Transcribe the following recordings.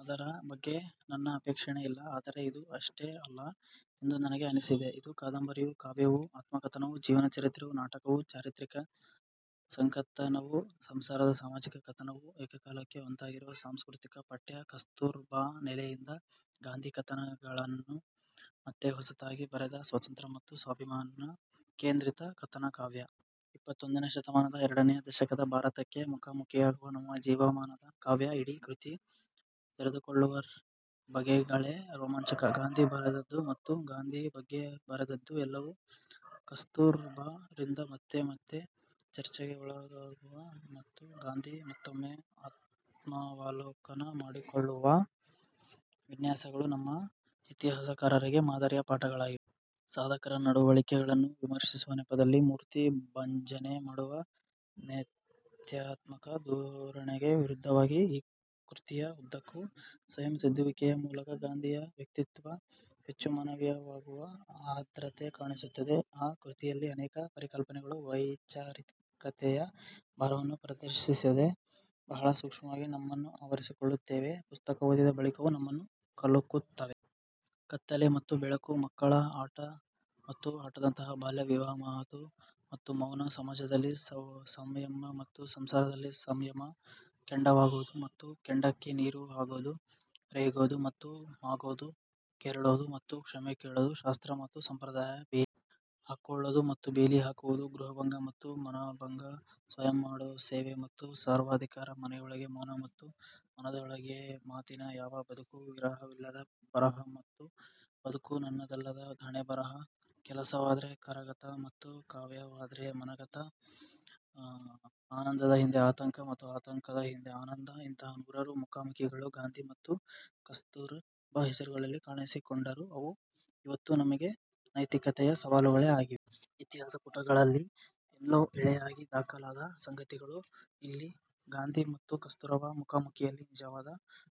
ಅದರ ಬಗ್ಗೆ ನನ್ನ ಆಕ್ಷೇಪಣೆ ಇಲ್ಲ. ಆದರೆ ಇದು ಅಷ್ಟೇ ಅಲ್ಲ ಎಂದು ನನಗೆ ಅನ್ನಿಸಿದೆ. ಇದು ಕಾದಂಬರಿಯೂ, ಕಾವ್ಯವೂ, ಆತ್ಮಕಥನವೂ, ಜೀವನ ಚರಿತ್ರೆಯೂ, ನಾಟಕವೂ, ಚಾರಿತ್ರಿಕ ಸಂಕಥನವೂ, ಸಂಸಾರದ ಸಾಮಾಜಿಕ ಕಥನವೂ, ಏಕಕಾಲಕ್ಕೆ ಒಂದಾಗಿರುವ ಸಾಂಸ್ಕೃತಿಕ ಪಠ್ಯ. ಕಸ್ತೂರ್ ಬಾ ನೆಲೆಯಿಂದ ಗಾಂಧಿ ಕಥನವನ್ನು ಮತ್ತೆ ಹೊಸತಾಗಿ ಬರೆದ ಸ್ವಾತಂತ್ರ್ಯ ಮತ್ತು ಸ್ವಾಭಿಮಾನ ಕೇಂದ್ರಿತ ಕಥನಕಾವ್ಯ. ಇಪ್ಪತ್ತೊಂದನೇ ಶತಮಾನದ ಎರಡನೆಯ ದಶಕದ ಭಾರತಕ್ಕೆ ಮುಖಾಮುಖಿಯಾಗುವ ನಮ್ಮ ಜೀವಮಾನದ ಕಾವ್ಯ. ಇಡೀ ಕೃತಿ ತೆರೆದುಕೊಳ್ಳುವ ಬಗೆಗಳೇ ರೋಮಾಂಚಕ. ಗಾಂಧಿ ಬರೆದದ್ದು ಮತ್ತು ಗಾಂಧಿ ಬಗ್ಗೆ ಬರೆದದ್ದು ಎಲ್ಲವೂ ಕಸ್ತೂರ್ ಬಾ ರಿಂದ ಮತ್ತೆ ಮತ್ತೆ ಚರ್ಚೆಗೆ ಒಳಗಾಗುವ ಮತ್ತು ಗಾಂಧಿ ಮತ್ತೊಮ್ಮೆ ಆತ್ಮಾವಲೋಕನ ಮಾಡಿಕೊಳ್ಳುವ ವಿನ್ಯಾಸಗಳು ನಮ್ಮ ಇತಿಹಾಸಕಾರರಿಗೆ ಮಾದರಿಯ ಪಾಠಗಳಾಗಿವೆ. ಸಾಧಕರ ನಡವಳಿಕೆಗಳನ್ನು ವಿಮರ್ಶಿಸುವ ನೆಪದಲ್ಲಿ ಮೂರ್ತಿಭಂಜನೆ ಮಾಡುವ ನೇತ್ಯಾತ್ಮಕ ಧೋರಣೆಗೆ ವಿರುದ್ಧವಾಗಿ ಈ ಕೃತಿಯ ಉದ್ದಕ್ಕೂ ಸ್ವಯಂ ತಿದ್ದುವಿಕೆಯ ಮೂಲಕ ಗಾಂಧಿಯ ವ್ಯಕ್ತಿತ್ವ ಹೆಚ್ಚು ಮಾನವೀಯವಾಗುವ ಆರ್ದ್ರತೆ ಕಾಣಿಸುತ್ತದೆ. ಈ ಕೃತಿಯಲ್ಲಿ ಅನೇಕ ಪರಿಕಲ್ಪನೆಗಳು ವೈಚಾರಿಕತೆಯ ಭಾರವನ್ನು ಪ್ರದರ್ಶಿಸದೆ, ಬಹಳ ಸೂಕ್ಷ್ಮವಾಗಿ ನಮ್ಮನ್ನು ಆವರಿಸಿಕೊಳ್ಳುತ್ತವೆ ಪುಸ್ತಕ ಓದಿದ ಬಳಿಕವೂ ನಮ್ಮನ್ನು ಕಲಕುತ್ತವೆ. ಕತ್ತಲೆ ಮತ್ತು ಬೆಳಕು, ಮಕ್ಕಳ ಆಟ ಮತ್ತು ಆಟದಂತಹ ಬಾಲ್ಯ ವಿವಾಹ, ಮಾತು ಮತ್ತು ಮೌನ, ಸಮಾಜದಲ್ಲಿ ಸಂಯಮ ಮತ್ತು ಸಂಸಾರದಲ್ಲಿ ಸಂಯಮ, ಕೆಂಡವಾಗೋದು ಮತ್ತು ಕೆಂಡಕೆ ನೀರು ಆಗೋದು, ರೇಗೋದು ಮತ್ತು ಮಾಗೋದು, ಕೆರಳೋದು ಮತ್ತು ಕ್ಷಮೆ ಕೇಳೋದು, ಶಾಸ್ತ್ರ ಮತ್ತು ಸಂಪ್ರದಾಯ, ಬೇಲಿ ಹಾಕ್ಕೊಳ್ಳೋದು ಮತ್ತು ಬೇಲಿ ಹಾಕುವುದು, ಗೃಹಭಂಗ ಮತ್ತು ಮನಭಂಗ, ಸ್ವಯಂ ಮಾಡೋ ಸೇವೆ ಮತ್ತು ಸರ್ವಾಧಿಕಾರ, ಮನೆಯೊಳಗೆ ಮೌನ ಮತ್ತು ಮನದೊಳಗೆ ಮಾತಿನ ಯಾನ, ಬದುಕು ವಿರಹವಿಲ್ಲದ ಬರಹ ಮತ್ತು ಬದುಕು ನನ್ನದಲ್ಲದ ಹಣೆಬರಹ, ಕೆಲಸವಾದ್ರೆ ಕರಗತ ಮತ್ತು ಕಾವ್ಯವಾದ್ರೆ ಮನಗತ, ಆನಂದದ ಹಿಂದೆ ಆತಂಕ ಮತ್ತು ಆತಂಕದ ಹಿಂದೆ ಆನಂದ: ಇಂತಹ ನೂರಾರು ಮುಖಾಮುಖಿಗಳು ಗಾಂಧಿ ಮತ್ತು ಕಸ್ತೂರ್ ಬಾ ಹೆಸರುಗಳಲ್ಲಿ ಕಾಣಿಸಿಕೊಂಡರೂ, ಅವು ಇವತ್ತೂ ನಮಗೆ ನೈತಿಕತೆಯ ಸವಾಲುಗಳೇ ಆಗಿವೆ. ಇತಿಹಾಸ ಪುಟಗಳಲ್ಲಿ ಎಲ್ಲೋ ಎಳೆಯಾಗಿ ದಾಖಲಾದ ಸಂಗತಿಗಳು ಇಲ್ಲಿ ಗಾಂಧಿ ಮತ್ತು ಕಸ್ತೂರ್ ಬಾ ಮುಖಾಮುಖಿಯಲ್ಲಿ ನಿಜವಾದ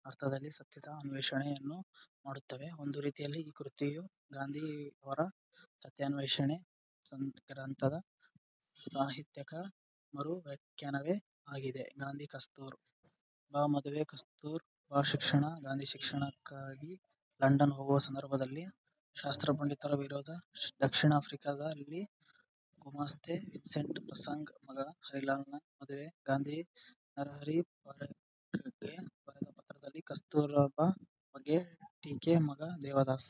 ಅರ್ಥದಲ್ಲಿ 'ಸತ್ಯದ ಅನ್ವೇಷಣೆ 'ಯನ್ನು ಮಾಡುತ್ತವೆ. ಒಂದು ರೀತಿಯಲ್ಲಿ ಈ ಕೃತಿಯು ಗಾಂಧಿ ಅವರ 'ಸತ್ಯಾನ್ವೇಷಣೆ ' ಗ್ರಂಥದ ಸಾಹಿತ್ಯಕ ಮರು ವ್ಯಾಖ್ಯಾನವೇ ಆಗಿದೆ. ಗಾಂಧಿ ಕಸ್ತೂರ್ ಬಾ ಮದುವೆ, ಕಸ್ತೂರ್ ಬಾ ಶಿಕ್ಷಣ, ಗಾಂಧಿ ಶಿಕ್ಷಣಕ್ಕಾಗಿ ಲಂಡನ್ ಹೋಗುವ ಸಂದರ್ಭದಲ್ಲಿ ಶಾಸ್ತ್ರಪಂಡಿತರ ವಿರೋಧ, ದಕ್ಷಿಣ ಆಫ್ರಿಕದಲ್ಲಿ ಗುಮಾಸ್ತೆ ವಿನ್ಸೆಂಟ್ ಪ್ರಸಂಗ, ಮಗ ಹರಿಲಾಲ್ ನ ಮದುವೆ, ಗಾಂಧಿ ನರಹರಿ ಪಾರೇಖ್ ಗೆ ಬರೆದ ಪತ್ರದಲ್ಲಿ ಕಸ್ತೂರ್ ಬಾ ಬಗ್ಗೆ ಟೀಕೆ, ಮಗ ದೇವದಾಸ್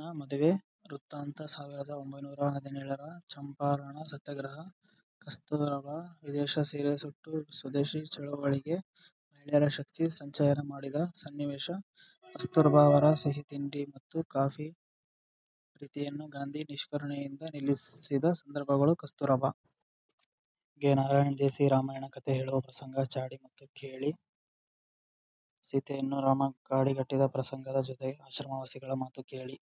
ನ ಮದುವೆ ವೃತ್ತಾಂತ, ಸಾವಿರದ ಒಂಭೈನೂರ ಹದಿನೇಳರ ಚಂಪಾರಣ ಸತ್ಯಾಗ್ರಹ, ಕಸ್ತೂರ್ ಬಾ ವಿದೇಶಿ ಸೀರೆ ಸುಟ್ಟು ಸ್ವದೇಶಿ ಚಳುವಳಿಗೆ ಮಹಿಳೆಯರ ಶಕ್ತಿ ಸಂಚಯನ ಮಾಡಿದ ಸನ್ನಿವೇಶ, ಕಸ್ತೂರ್ ಬಾ ಅವರ ಸಿಹಿತಿಂಡಿ ಮತ್ತು ಕಾಫಿ ಪ್ರೀತಿಯನ್ನು ಗಾಂಧಿ ನಿಷ್ಕರುಣೆಯಿಂದ ನಿಲ್ಲಿಸಿದ ಸಂದರ್ಭಗಳು, ಕಸ್ತೂರ್ ಬಾ ಗೆ ನಾರಾಯಣ ದೇಸಾಯಿ ರಾಮಾಯಣ ಕಥೆ ಹೇಳುವ ಪ್ರಸಂಗ, ಚಾಡಿ ಮಾತು ಕೇಳಿ ಸೀತೆಯನ್ನು ರಾಮ ಕಾಡಿಗಟ್ಟಿದ ಪ್ರಸಂಗದ ಜೊತೆಗೆ ಆಶ್ರಮವಾಸಿಗಳ ಮಾತು ಕೇಳಿ